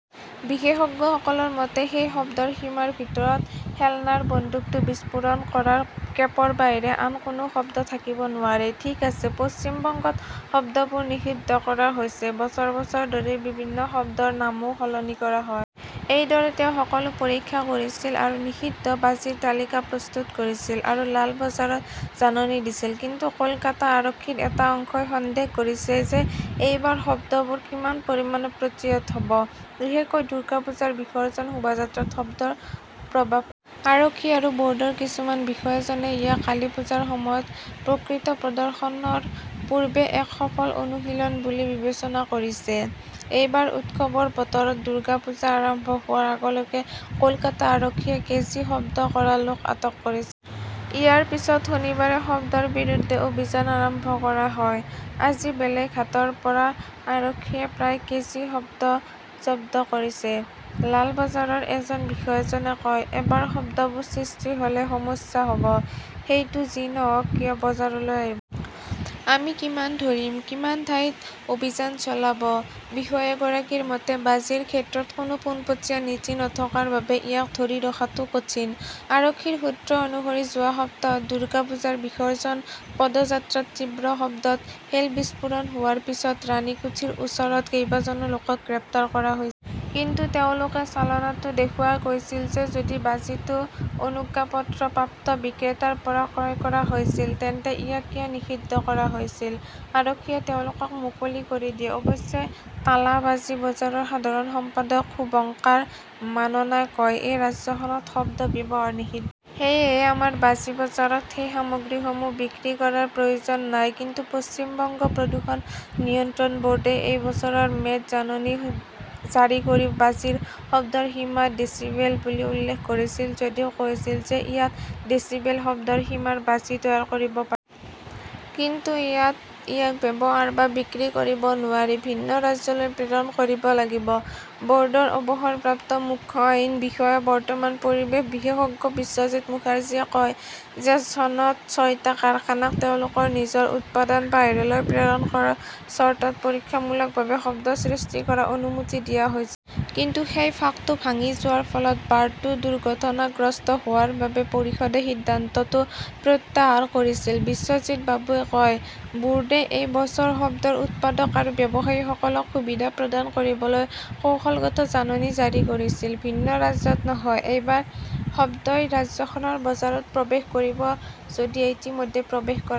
বিশেষজ্ঞসকলৰ মতে সেই শব্দৰ সীমাৰ ভিতৰত খেলনাৰ বন্দুকটো বিস্ফোৰণ কৰাৰ কেপৰ বাহিৰে আন কোনো শব্দ থাকিব নোৱাৰে। ঠিক আছে, পশ্চিম বংগত শব্দবোৰ নিষিদ্ধ কৰা হৈছে। বছৰ বছৰ ধৰি বিভিন্ন শব্দৰ নামও সলনি কৰা হয়। এইদৰে তেওঁ সকলো পৰীক্ষা কৰিছিল আৰু নিষিদ্ধ বাজিৰ তালিকা প্ৰস্তুত কৰিছিল আৰু লাল বজাৰত জাননী দিছিল। কিন্তু কলকাতা আৰক্ষীৰ এটা অংশই সন্দেহ কৰিছে যে এইবাৰ শব্দবোৰ কিমান পৰিমাণে প্ৰতিহত হ 'ব। বিশেষকৈ দুৰ্গা পূজাৰ বিসৰ্জন শোভাযাত্ৰাত শব্দৰ প্ৰভাৱ আৰক্ষী আৰু বৰ্ডৰ কিছুমান বিষয়াজনে ইয়াক কালীপূজাৰ সময়ত প্ৰকৃত প্ৰদৰ্শনৰ পূৰ্বে এক 'সফল অনুশীলন' বুলি বিবেচনা কৰিছে। এইবাৰ উৎসৱৰ বতৰত দুৰ্গা পূজা আৰম্ভ হোৱাৰ আগলৈকে কলকাতা আৰক্ষীয়ে কেজি শব্দ কৰা লোক আটক কৰিছে। ইয়াৰ পিছত শনিবাৰে শব্দৰ বিৰুদ্ধে অভিযান আৰম্ভ কৰা হয়। আজি বেলেঘাটৰ পৰা আৰক্ষীয়ে প্ৰায় কেজি শব্দ জব্দ কৰিছে। লালবাজাৰৰ এজন বিষয়াজনে কয়, এবাৰ শব্দবোৰ সৃষ্টি হলে সমস্যা হ ব। সেইটো যি নহওক কিয় বজাৰলৈ আহিব। আমি কিমান ধৰিম, কিমান ঠাইত অভিযান চলাব! বিষয়া গৰাকীৰ মতে, বাজিৰ ক্ষেত্ৰত কোনো পোনপটীয়া নীতি নথকাৰ বাবে ইয়াক ধৰি ৰখাটো কঠিন। আৰক্ষীৰ সূত্ৰ অনুসৰি, যোৱা সপ্তাহত দুৰ্গা পূজাৰ বিসৰ্জন পদযাত্ৰাত তীব্ৰ শব্দত শেল বিস্ফোৰণ হোৱাৰ পিছত ৰাণীকুঠিৰ ওচৰত কেইবাজনো লোকক গ্ৰেপ্তাৰ কৰা হৈছিল। কিন্তু তেওঁলোকে চালানটো দেখুৱাই কৈছিল যে যদি বাজিটো অনুজ্ঞাপত্ৰপ্ৰাপ্ত বিক্ৰেতাৰ পৰা ক্ৰয় কৰা হৈছিল, তেন্তে ইয়াক কিয় নিষিদ্ধ কৰা হৈছিল? আৰক্ষীয়ে তেওঁলোকক মুকলি কৰি দিয়ে। অৱশ্যে টালা বাজি বজাৰৰ সাধাৰণ সম্পাদক শুভঙ্কাৰ মাননাই কয়, এই ৰাজ্যখনত শব্দ ব্যৱহাৰ নিষিদ্ধ। সেয়েহে আমাৰ বাজি বজাৰত সেই সামগ্ৰীসমূহ বিক্ৰী কৰাৰ প্ৰয়োজন নাই। কিন্তু পশ্চিম বংগ প্ৰদূষণ নিয়ন্ত্ৰণ ব ৰ্ডে এই বছৰৰ মে'ত জাননী জাৰি কৰি বাজিৰ শব্দৰ সীমা ডেছিবেল বুলি উল্লেখ কৰিছিল যদিও কৈছিল যে ইয়াত ডেছিবেল শব্দৰ সীমাৰ বাজি তৈয়াৰ কৰিব পাৰি। কিন্তু ইয়াত ইয়াক ব্যৱহাৰ বা বিক্ৰী কৰিব নোৱাৰি, ভিন্ন ৰাজ্যলৈ প্ৰেৰণ কৰিব লাগিব। বৰ্ডৰ অৱসৰপ্ৰাপ্ত মুখ্য আইন বিষয়া বৰ্তমান পৰিৱেশ বিশেষজ্ঞ বিশ্বজিত মুখাৰ্জীয়ে কয় যে চনত ছয়টা কাৰখানাক তেওঁলোকৰ নিজৰ উৎপাদন বাহিৰলৈ প্ৰেৰণ কৰাৰ চৰ্তত পৰীক্ষামূলকভাৱে শব্দ সৃষ্টি কৰাৰ অনুমতি দিয়া হৈছিল। কিন্তু সেই ফাঁকটো ভাঙি যোৱাৰ ফলত বাৰটো দুৰ্ঘটনাগ্ৰস্ত হোৱাৰ বাবে পৰিষদে সিদ্ধান্তটো প্ৰত্যাহাৰ কৰিছিল। বিশ্বজিত বাবুৱে কয়, বোৰ্ডে এই বছৰ শব্দৰ উৎপাদক আৰু ব্যৱসায়ীসকলক সুবিধা প্ৰদান কৰিবলৈ কৌশলগত জাননী জাৰি কৰিছিল। ভিন্ন ৰাজ্যত নহয়, এইবাৰ শব্দই ৰাজ্যখনৰ বজাৰত প্ৰৱেশ কৰিব, যদিহে ইতিমধ্যে প্ৰৱেশ কৰা নাই।